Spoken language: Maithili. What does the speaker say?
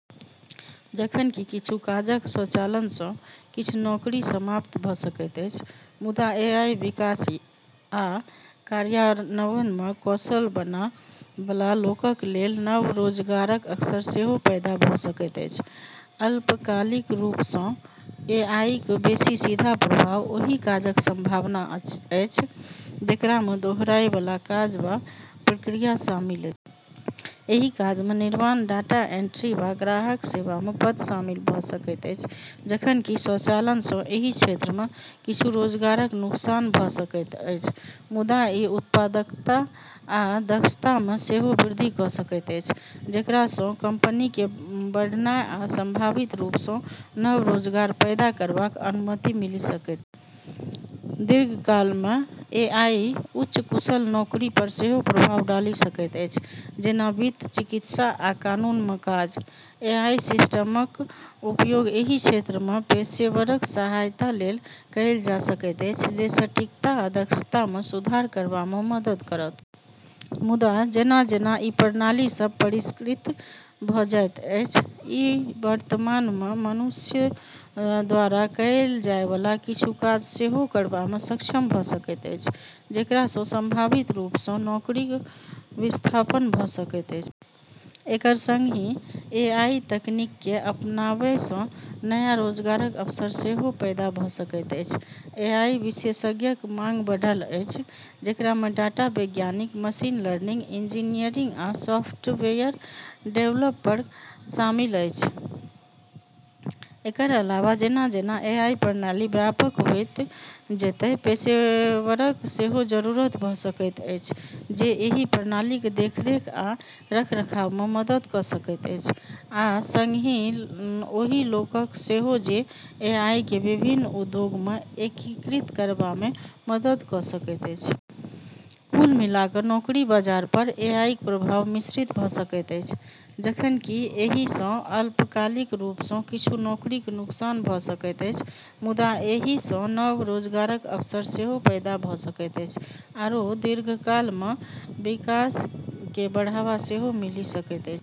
जखन कि किछु काजक स्वचालन सँ किछ नौकरी समाप्त भ’ सकैत अछि, मुदा एआई विकास आ कार्यान्वयनमे कौशल बला लोकक लेल नव रोजगारक अवसर सेहो पैदा भ’ सकैत अछि। अल्पकालिक रूप सँ एआईक बेसि सीधा प्रभाव ओहि काजक संभावना अछि, जेकरामे दोहराए बला काज वा प्रक्रिया शामिल अछि। एहि काजमे निर्माण, डाटा एंट्री, वा ग्राहक सेवामे पद शामिल भ’ सकैत अछि। जखन कि स्वचालन सँ एहि क्षेत्रमे किछु रोजगारक नुकसान भ’ सकैत अछि, मुदा ई उत्पादकता आ दक्षतामे सेहो वृद्धि क’ सकैत अछि, जेकरा सँ कंपनीकेँ बढ़नाइ आ संभावित रूप सँ नव रोजगार पैदा करबाक अनुमति मिलि सकैत अछि। दीर्घकालमे एआई उच्च कुशल नौकरी पर सेहो प्रभाव डालि सकैत अछि, जेना वित्त, चिकित्सा, आ कानूनमे काज। एआई सिस्टमक उपयोग एहि क्षेत्रमे पेशेवरक सहायता लेल कएल जा सकैत अछि, जे सटीकता आ दक्षतामे सुधार करबामे मदद करत। मुदा, जेना-जेना ई प्रणाली सभ परिष्कृत भ’ जाइत अछि, ई वर्तमानमे मनुष्य द्वारा कएल जाय बला किछु काज सेहो करबामे सक्षम भ’ सकैत अछि, जेकरा सँ संभावित रूप सँ नौकरीक विस्थापन भ’ सकैत अछि। एकर संगहि एआई तकनीककेँ अपनाबै सँ नया रोजगारक अवसर सेहो पैदा भ’ रहल अछि। एआई विशेषज्ञक मांग बढ़ल अछि, जेकरामे डाटा वैज्ञानिक, मशीन लर्निंग इंजीनियर, आ सॉफ्टवेयर डेवलपर शामिल अछि। एकर अलावा, जेना-जेना एआई प्रणाली व्यापक होइत जेतै, पेशेवरक सेहो जरूरत भ’ सकैत अछि जे एहि प्रणालीक देखरेख आ रखरखावमे मदद क’ सकैत अछि, आ संगहि ओहि लोकक सेहो जे एआईकेँ विभिन्न उद्योगमे एकीकृत करबामे मदद क’ सकैत अछि। कुल मिला क’ नौकरी बाजार पर एआईक प्रभाव मिश्रित भ’ सकैत अछि। जखन कि एहि सँ अल्पकालिक रूप सँ किछु नौकरीक नुकसान भ’ सकैत अछि, मुदा एहि सँ नव रोजगारक अवसर सेहो पैदा भ’ सकैत अछि आओर दीर्घकालमे विकासकेँ बढ़ावा सेहो मिलि सकैत अछि।